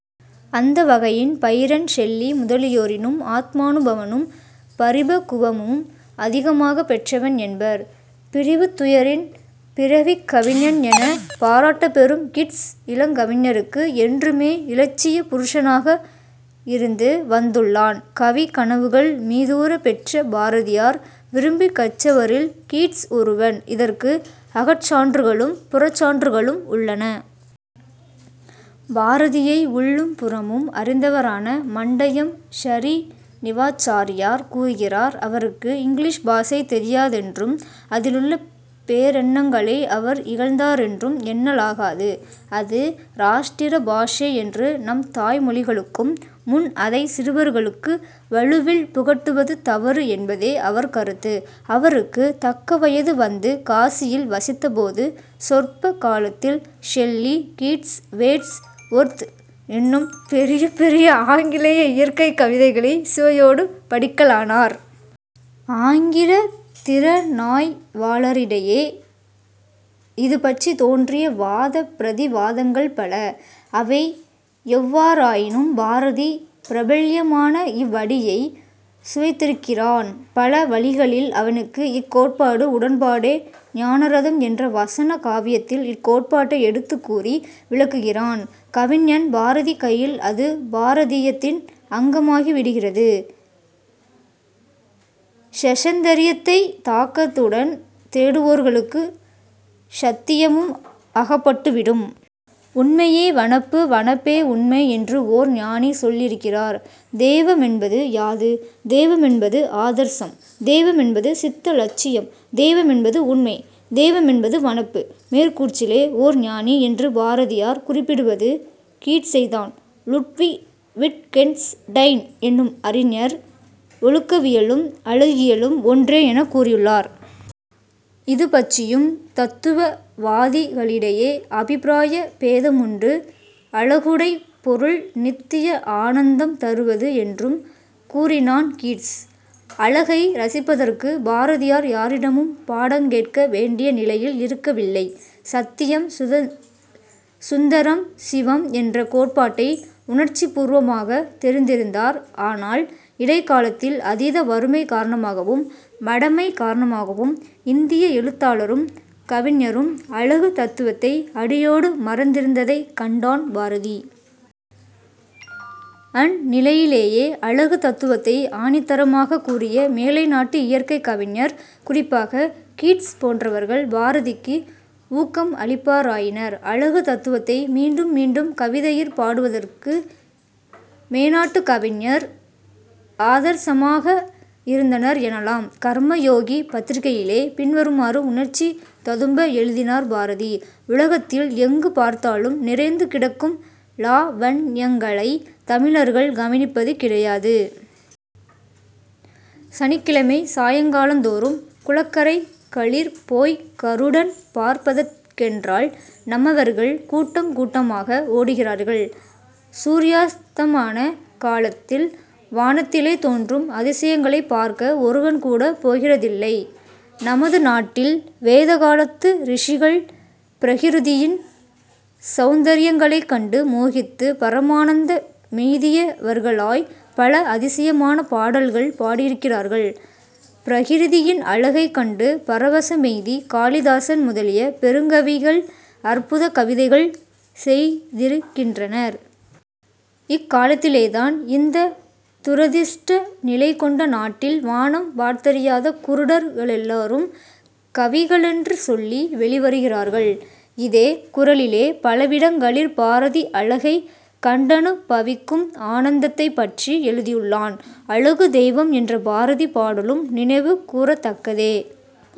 அந்த வகையின் Byrne Shelley முதலியோரினும் ஆத்மானுபவமும் பரிபக்குவமும் அதிகமாகப் பெற்றவன் என்பர். 'பிரிவுத்துயரின் பிறவிக் கவிஞன்' எனப் பாராட்டப்பெறும் கிட்ஸ், இளங்கவிஞருக்கு என்றுமே இலட்சிய புருஷனாக இருந்து வந்துள்ளான். கவிக் கனவுகள் மீதூரப் பெற்ற பாரதியார் விரும்பிக் கற்றவரில் கீட்ஸ் ஒருவன். இதற்கு அகச்சான்றுகளும் புறச்சான்றுகளும் உள்ளன. பாரதியை உள்ளும் புறமும் அறிந்தவரான மண்டயம் ஸரீநிவாச்சாரியார் கூறகிறார்: அவருக்கு இங்கிலீஷ் பாஷை தெரியாதென்றும் அதிலுள்ள பேரெண்ணங்களை அவர் இகழ்ந்தாரென்றும் எண்ணலாகாது. அது ராஷ்டிர பாஷை என்று நம் தாய் மொழிகளுக்கும் முன் அதைச் சிறுவர்களுக்கு வலுவில் புகட்டுவது தவறு என்பதே அவர் கருத்து. அவருக்குத் தக்க வயது வந்து காசியில் வசித்தபோது சொற்ப காலத்தில் ஷெல்லி, கீட்ஸ், வேர்ட்ஸ் வொர்த் என்னும் பெரிய பெரிய ஆங்கிலேய இயற்கைக் கவிதைகளைச் சுவையோடு படிக்கலானார். ஆங்கிலத் திறனாய்வாளரிடையே இதுபற்றித் தோன்றிய வாதப் பிரதிவாதங்கள் பல. அவையெவ்வாறாயினும் பாரதி, பிரபல்யமான இவ்வடியைச் சுவைத்திருக்கிறான். பல வழிகளில் அவனுக்கு இக்கோட்பாடு உடன்பாடே. ஞானரதம் என்ற வசன காவியத்தில் இக்கோட்பாட்டை எடுத்துக்கூறி விளக்குகிறான் கவிஞன்; பாரதி கையில் அது பாரதீயத்தின் அங்கமாகிவிடுகிறது. "ஸௌந்தரியத்தைத் தாகத்துடன் தேடுவோர்களுக்கு ஸத்தியமும் அகப்பட்டுவிடும். 'உண்மையே வனப்பு, வனப்பே உண்மை' என்று ஓர் ஞானி சொல்லியிருக்கிறார்... தெய்வமென்பது யாது? தெய்வமென்பது ஆதர்சம்; தெய்வமென்பது சித்த லட்சியம். தெய்வமென்பது உண்மை. தெய்வமென்பது வனப்பு. மேற்கூற்றிலே 'ஓர் ஞானி' என்று பாரதியார் குறிப்பிடுவது கீட்ஸைத்தான். லுட்விக் விட்கென்ஸ் டைன் என்னும் அறிஞர் "ஒழுக்கவியலும் அழகியலும் ஒன்றே" எனக் கூறியுள்ளார். இதுபற்றியும் தத்துவவாதிகளிடையே அபிப்பிராய பேதமுண்டு. "அழகுடைப் பொருள் நித்திய ஆனந்தம் தருவது" என்றும் கூறினான் கீட்ஸ். அழகை ரசிப்பதற்குப் பாரதியார் யாரிடமும் பாடங்கேட்க வேண்டிய நிலையில் இருக்க வில்லை. சத்தியம், சுந்தரம், சிவம் என்ற கோட்பாட்டை உணர்ச்சிப் பூர்வமாகத் தெரிந்திருந்தார். ஆனால் இடைக்காலத்தில் அதீத வறுமை காரணமாகவும், மடமை காரணமாகவும் இந்திய எழுத்தாளரும் கவிஞரும் அழகுத் தத்துவத்தை அடியோடு மறந்திருந்ததைக் கண்டான் பாரதி. அந்நிலையிலேயே, அழகுத் தத்துவத்தை ஆணித்தரமாகக் கூறிய மேலை நாட்டு இயற்கைக் கவிஞர்-குறிப்பாகக் கீட்ஸ் போன்றவர்கள்- பாரதிக்கு ஊக்கம் அளிப்பாராயினர். அழகுத் தத்துவத்தை மீண்டும் மீண்டும் கவிதையிற் பாடுவதற்கு மேனாட்டுக் கவிஞர் ஆதர்சமாக இருந்தனர் எனலாம். "கர்மயோகி" பத்திரிகையிலே பின்வருமாறு உணர்ச்சி ததும்ப எழுதினார் பாரதி: "உலகத்தில் எங்கு பார்த்தாலும் நிறைந்து கிடக்கும் லாவண்யங்களைத் தமிழர்கள் கவனிப்பது கிடையாது. சனிக்கிழமை சாயங்காலந்தோறும் குளக்கரைகளிற் போய்க்கருடன் பார்ப்பதற்கென்றால் நம்மவர்கள் கூட்டங்கூட்டமாக ஓடுகிறார்கள். சூரியாஸ்தமன காலத்தில் வானத்திலே தோன்றும் அதிசயங்களைப் பார்க்க ஒருவன்கூடப் போகிறதில்லை. நமது நாட்டில் வேதகாலத்து ரிஷிகள் பிரகிருதியின் சௌந்தர்யங்களைக் கண்டு மோகித்துப் பரமானந்த மெய்தியவர்களாய்ப் பல அதிசயமான பாடல்கள் பாடியிருக்கிறார்கள். பிரகிருதியின் அழகைக் கண்டு பரவசமெய்திக் காளிதாசன் முதலிய பெருங்கவிகள் அற்புதக் கவிதைகள் செய்திருக்கின்றனர். இக்காலத்திலேதான் இந்த துரதிருஷ்ட நிலை கொண்ட நாட்டில் வானம் பார்த்தறியாத குருடர் களெல்லாரும் கவிகளென்று சொல்லி வௌிவருகிறார்கள். " இதே குரலிலே பலவிடங்களிற் பாரதி அழகைக் கண்டனுபவிக்கும் ஆனந்தத்தைப்பற்றி எழுதியுள்ளான். "அழகுத் தெய்வம்" என்ற பாரதி பாடலும் நினைவு கூரத்தக்கதே.